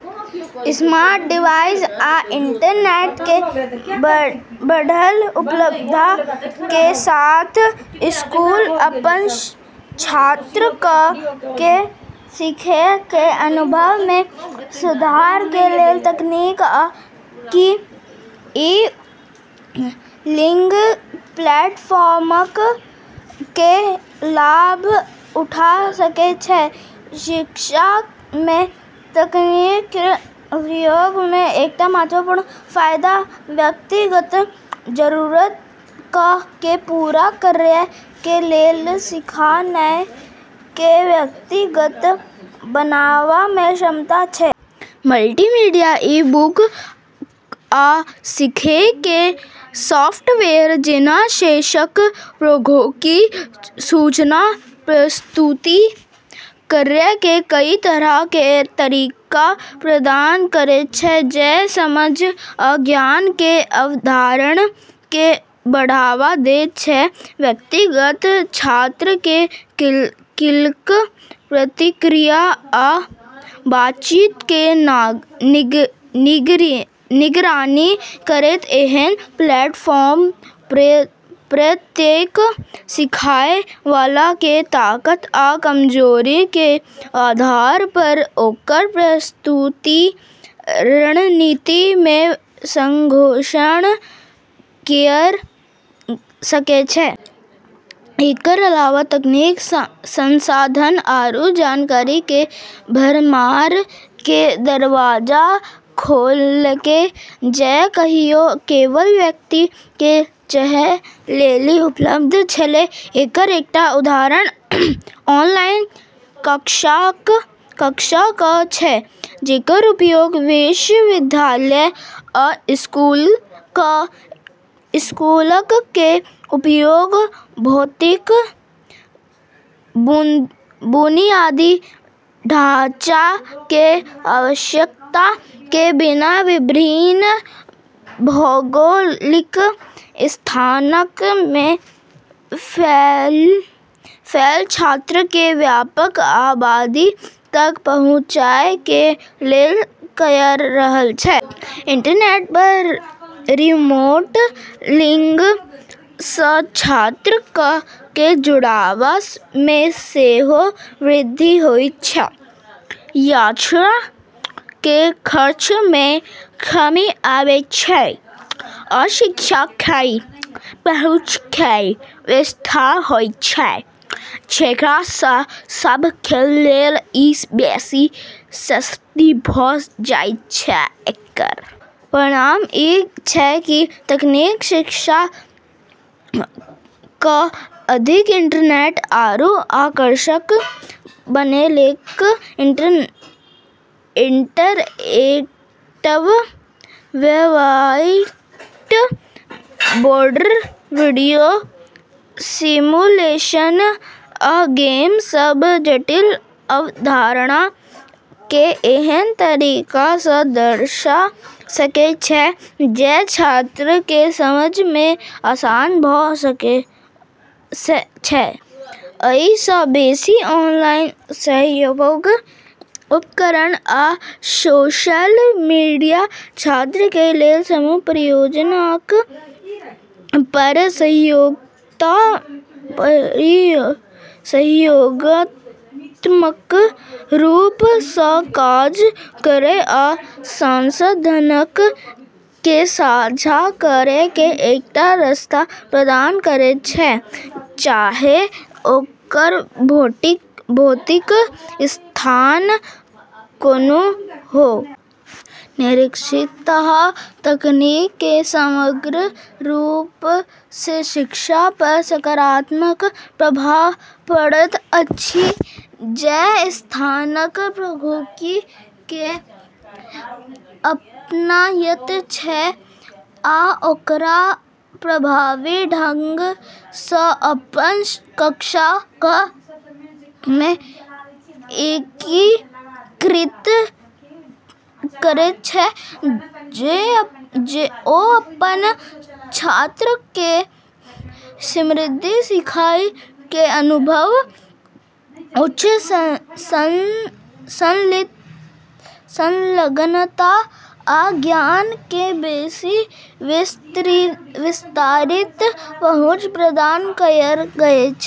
Smart device आ internet कें बढ़ल उपलब्धता कें साथ स्कूल अपन छात्रक कें सीखय कें अनुभव मे सुधार कें लेल तकनीक आ ई-लर्निंग प्लेटफॉर्मक कें लाभ उठा सकय छै। शिक्षा मे तकनीक कें उपयोग कें एकटा महत्वपूर्ण फायदा व्यक्तिगत जरूरतक कें पूरा करय कें लेल सीखनाय कें व्यक्तिगत बनावा कें क्षमता छै। मल्टीमीडिया, ई-बुक, आ सीखय कें सॉफ्टवेयर जैना शैक्षिक प्रौद्योगिकी सूचना प्रस्तुत करय कें कई तरह कें तरीका प्रदान करैत छै, जे समझ आ ज्ञान कें अवधारण कें बढ़ावा दैत छै। व्यक्तिगत छात्रक कें क्लिक, प्रतिक्रिया आ बातचीत कें निगरानी करैत, एहन प्लेटफार्म प्रत्येक सीखएय वाला कें ताकत आ कमजोरी कें आधार पर ओकर प्रस्तुति रणनीति मे संशोधन कयर सकय छै। एकर अलावा तकनीक संसाधन आरू जानकारी के भरमार के दरवाजा खोललकै जे कहियो केवल व्यक्ति के चयन लेली उपलब्ध छेलै। एकर एकटा उदाहरण ऑनलाइन कक्षाक छै, जेकर उपयोग विश्वविद्यालय आ स्कूलक कें उपयोग भौतिक बुनियादी ढाँचा कें आवश्यकता कें बिना विभिन्न भौगोलिक स्थानक मे फैलल छात्रक कें व्यापक आबादी तक पहुंचय कें लेल कयर रहल छै। इंटरनेट पर रिमोट लर्निंग सं छात्रक कें जुड़ाव मे सेहो वृद्धि होयत छै, यात्रा कें खर्च मे कमी आबै छै, आ शिक्षा कें पहुंच कें विस्तार होयत छै, जेकरा सं सब कें लेल इ बेसि सस्ती भ जायत छै। एकर परिणाम ई छै कि तकनीक शिक्षा क अधिक इंटरैक्टिव आरू आकर्षक बनैलकै। इंटरएक्टिव व्हाइटबोर्ड, वीडियो, सिमुलेशन, आ गेम, सब जटिल अवधारणा कें एहन तरीका सं दर्शा सकय छै जे छात्रक कें समझ मे आसान भ सकय छै। अइ सं बेसि, ऑनलाइन सहयोग उपकरण आ सोशल मीडिया छात्रक कें लेल समूह परियोजनाक पर सहयोगात्मक रूप सं काज करय आ संसाधनक कें साझा करय कें एकटा रास्ता प्रदान करैत छै, चाहे ओकर भौतिक स्थान कोनों हो। निष्कर्षतः तकनीक के समग्र रूप स शिक्षा पर सकारात्मक प्रभाव पड़ल अछि। जे संस्थाक प्रौद्योगिकी कें अपनायत छै आ ओकरा प्रभावी ढंग सं अपन कक्षाक मे एकीकृत करैत छै, ओ अपन छात्रक कें समृद्ध सीखय कें अनुभव, उच्च संलग्नता, आ ज्ञान कें बेसि विस्तारित पहुंच प्रदान कयर सकय छै।